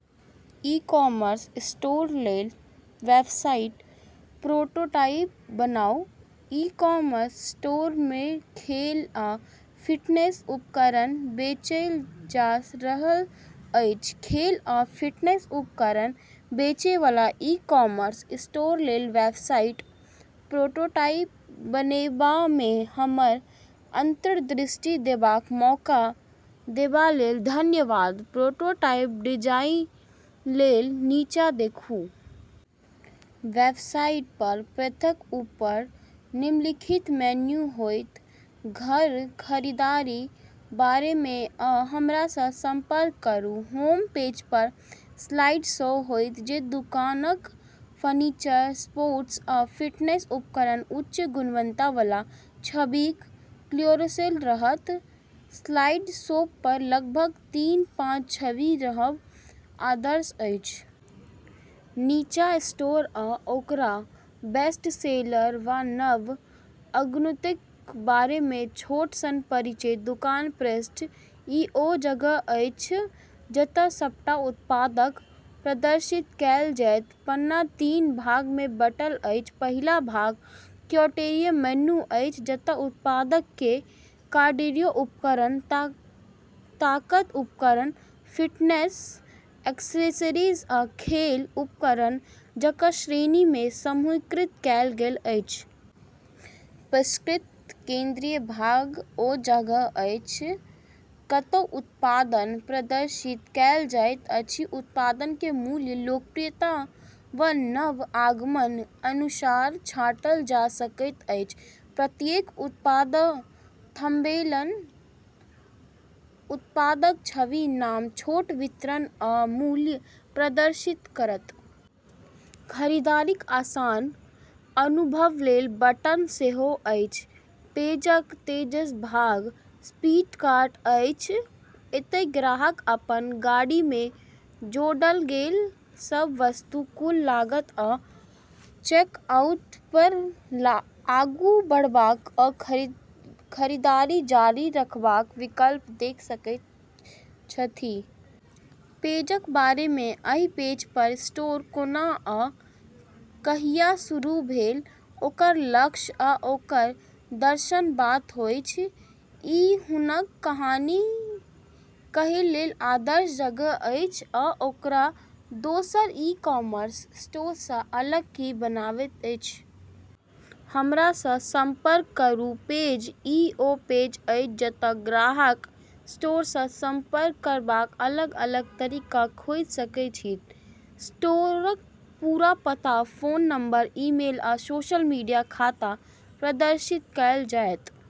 E-commerce स्टोरलेल website prototype बनाउ। E-commerce स्टोरमे खेल आ फिटनेस उपकरण बेचल जा रहल अछि। खेल आ फिटनेस उपकरण बेचैवाला ई-कॉमर्स स्टोरलेल वेबसाइट प्रोटोटाइप बनेबामे हमर अन्तर्दृष्टि देबाक मौका देबालेल धन्यवाद। प्रोटोटाइप डिजाइनलेल नीचाँ देखू। वेबसाइटपर पृष्ठक ऊपर निम्नलिखित मेनू होयत: घर, खरीदारी, बारेमे, आ हमरासँ सम्पर्क करू। होम पेजपर स्लाइड शो होयत जे दुकानक फीचर्ड स्पोर्ट्स आ फिटनेस उपकरणक उच्च गुणवत्तावाला छबिक क्यारोसेल करत। स्लाइड शोपर लगभग तीनसँ पाँच छवि रहब आदर्श अछि। नीचाँ स्टोर आ ओकर बेस्टसेलर वा नव आगन्तुकक बारेमे छोट सन परिचय। दुकान पृष्ठ: ई ओ जगह अछि जतय सबटा उत्पाद प्रदर्शित कएल जायत। पन्ना तीन भागमे बँटल अछि। पहिल भाग क्याटेगरी मेनू अछि, जतय उत्पादकेँ कार्डियो उपकरण, ताकत उपकरण, फिटनेस एक्सेसरीज, आ खेल उपकरण जकाँ श्रेणीमे समूहीकृत कएल गेल अछि। पृष्ठक केन्द्रीय भाग ओ जगह अछि, कतहु उत्पाद प्रदर्शित कएल जाइत अछि। उत्पादकेँ मूल्य, लोकप्रियता, वा नव आगमनक अनुसार छाँटल जा सकैत अछि। प्रत्येक उत्पाद थम्बनेल उत्पादक छवि, नाम, छोट विवरण, आ मूल्य प्रदर्शित करत। खरीदारीक आसान अनुभवलेल "" बटन सेहो अछि। पेजक तेसर भाग शपिङ्ग कार्ट अछि। एतय ग्राहक अपन गाड़ीमे जोडल गेल सभ वस्तु, कुल लागत, आ चेकआउटपर आगू बढ़बाक वा खरीदारी जारी रखबाक विकल्प देखि सकैत छथि। पेजक बारेमे: एहि पेजपर स्टोर कोना आ कहिया शुरू भेल, ओकर लक्ष्य, आ ओकर दर्शनक बात होयत। ई हुनक कहानी कहैलेल आदर्श जगह अछि आ ओकरा दोसर ई-कॉमर्स स्टोरसँ अलग की बनाबैत अछि। हमरासँ सम्पर्क करू पेज: ई ओ पेज अछि जतय ग्राहक स्टोरसँ सम्पर्क करबाक अलग-अलग तरीका खोजि सकैत छथि। स्टोरक पूरा पता, फोन नम्बर, ईमेल, आ सोशल मीडिया खाता प्रदर्शित कएल जायत।